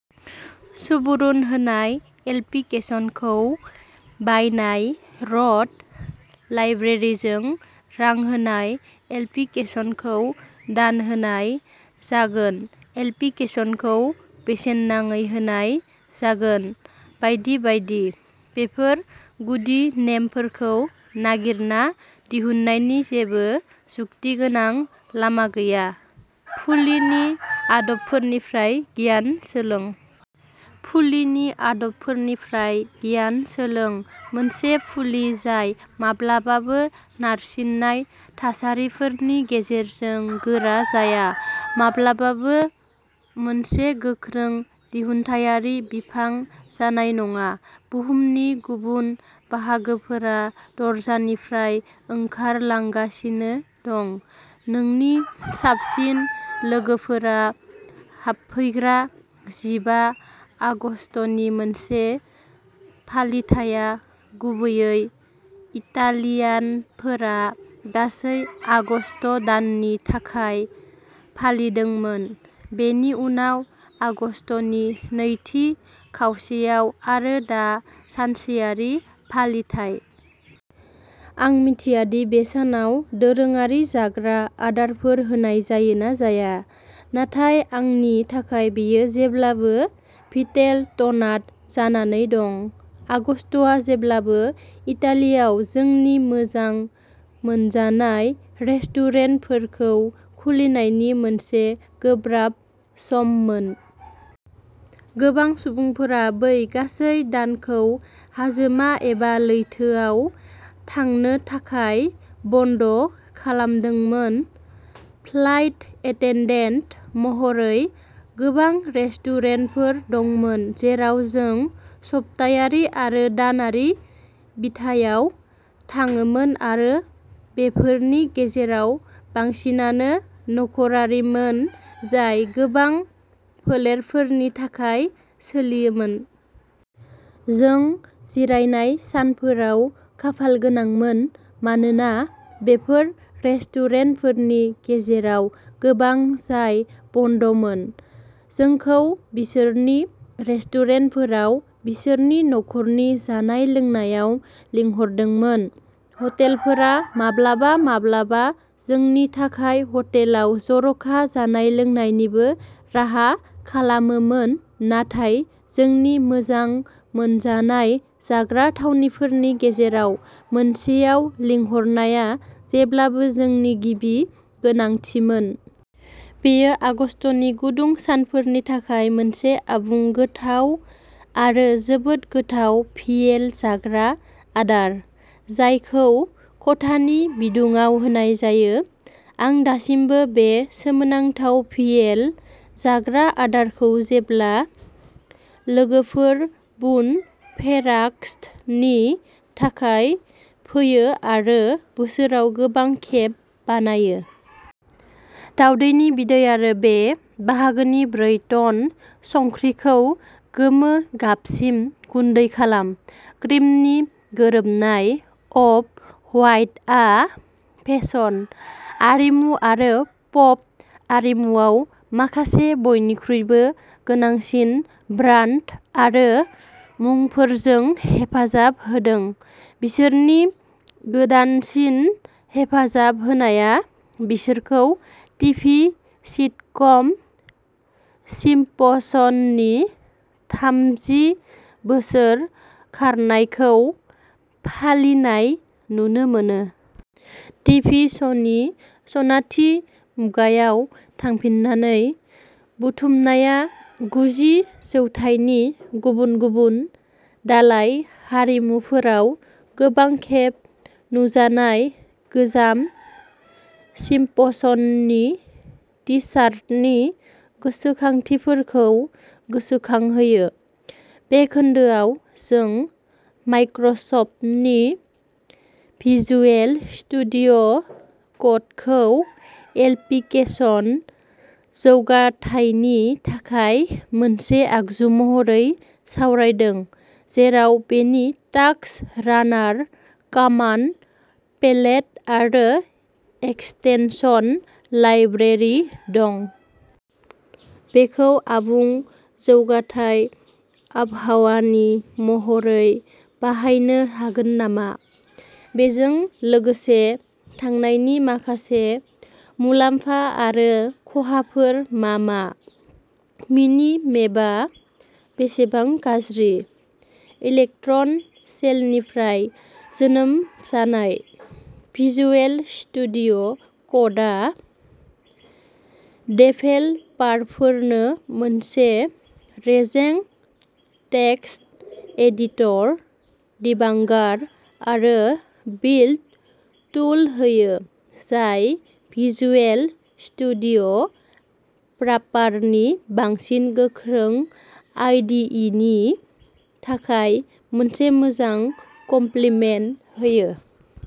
सुबुरुन होनाय एप्लिकेसनखौ बायनाय। र'ड लाइब्रेरिजों रां होनाय एप्लिकेसनखौ दान होनाय जागोन, एप्लिकेसनखौ बेसेन नाङै होनाय जागोन, बायदि बायदि। बेफोर गुदि नेमफोरखौ नागिरना दिहुननायनि जेबो जुक्ति गोनां लामा गैया। फुलिनि आदबफोरनिफ्राय गियान सोलों। फुलिनि आदबफोरनिफ्राय गियान सोलों। मोनसे फुलि जाय माब्लाबाबो नारसिननाय थासारिफोरनि गेजेरजों गोरा जाया, माब्लाबाबो मोनसे गोख्रों दिहुनथायारि बिफां जानाय नङा। बुहुमनि गुबुन बाहागोफोरा दरजानिफ्राय ओंखारलांगासिनो दं, नोंनि साबसिन लोगोफोरा हाबफैग्रा। जिबा आगस्तनि मोनसे फालिथाइया गुबैयै इटालियानफोरा गासै आगस्त दाननि थाखाय फालिदोंमोन, बेनि उनाव आगस्तनि नैथि खावसेयाव आरो दा सानसेयारि फालिथाइ। आं मिथिया दि बे सानाव दोरोङारि जाग्रा आदारफोर होनाय जायो ना जाया, नाथाय आंनि थाखाय बेयो जेब्लाबो " भिटेल'टनाट’ " जानानै दं। आगस्तआ जेब्लाबो इटालियाव जोंनि मोजां मोनजानाय रेस्टुरेन्टफोरखौ खुलिनायनि मोनसे गोब्राब सम मोन। गोबां सुबुंफोरा बै गासै दानखौ हाजोमा एबा लैथोआव थांनो थाखाय बन्द' खालामदोंमोन। फ्लाइट एटेनडेन्ट महरै गोबां रेस्टुरेन्टफोर दंमोन जेराव जों सप्तायारि आरो दानारि बिथायाव थाङोमोन आरो बेफोरनि गेजेराव बांसिनानो नखरारिमोन जाय गोबां फोलेरफोरनि थाखाय सोलियोमोन। जों जिरायनाय सानफोराव खाफालगोनांमोन मानोना बेफोर रेस्टुरेन्टफोरनि गेजेराव गोबां जाय बन्द'मोन, जोंखौ बिसोरनि रेस्टुरेन्टफोराव बिसोरनि नखरनि जानाय-लोंनायाव लिंहरदोंमोन। हटेलफोरा माब्लाबा-माब्लाबा जोंनि थाखाय हटेलाव जर'खा जानाय-लोंनायनिबो राहा खालामोमोन, नाथाय जोंनि मोजां मोनजानाय जाग्रा थावनिफोरनि गेजेराव मोनसेआव लिंहरनाया जेब्लाबो जोंनि गिबि गोनांथिमोन। बेयो आगस्तनि गुदुं सानफोरनि थाखाय मोनसे आबुं, गोथाव आरो जोबोद गोथाव भियेल जाग्रा आदार, जायखौ खथानि बिदुङाव होनाय जायो। आं दासिमबो बे सोमोनांथाव भियेल जाग्रा आदारखौ जेब्ला लोगोफोर " बुन फेराग'स्ट' " नि थाखाय फैयो आरो बोसोराव गोबां खेब बानायो। दाउदैनि बिदै आरो बे बाहागोनि ब्रै टन संख्रिखौ गोमो गाबसिम गुन्दै खालाम। क्रिमनि गोरोबनाय। अफ-हवाइटआ फेसन, आरिमु आरो पप आरिमुआव माखासे बयनिख्रुइबो गोनांसिन ब्रान्ड आरो मुंफोरजों हेफाजाब होदों। बिसोरनि गोदानसिन हेफाजाब होनाया बिसोरखौ टिभि सिटकम सिम्पसननि थामजि बोसोर खारनायखौ फालिनाय नुनो मोनो। टिभि श'नि सनाथि मुगायाव थांफिननानै, बुथुमनाया गुजि जौथाइनि गुबुन गुबुन दालाय-हारिमुफोराव गोबां खेब नुजानाय गोजाम सिम्पसननि टि-शार्टनि गोसोखांथिफोरखौ गोसोखांहोयो। बे खोन्दोआव, जों माइक्रसफ्टनि भिजुएल स्टुडिय' क'डखौ एलपिकेसन जौगाथायनि थाखाय मोनसे आगजु महरै सावरायदों, जेराव बेनि टास्क रानार, कामान्ड पेलेट आरो एक्सटेनसन लाइब्रेरि दं। बेखौ आबुं जौगाथाय आबहावानि महरै बाहायनो हागोन नामा? बेजों लोगोसे थांनायनि माखासे मुलाम्फा आरो खहाफोर मा मा? मिनि-मेपआ बेसेबां गाज्रि? इलेक्ट्रन सेलनिफ्राय जोनोम जानाय, भिजुएल स्टुडिय' क'डआ डेभेलपारफोरनो मोनसे रेजें टेक्सट एडिटर, डिबांगार आरो बिल्ड टुल होयो जाय भिजुएल स्टुडिय' प्रापारनि बांसिन गोख्रों आइ डि इ नि थाखाय मोनसे मोजां कमप्लिमेन्ट होयो।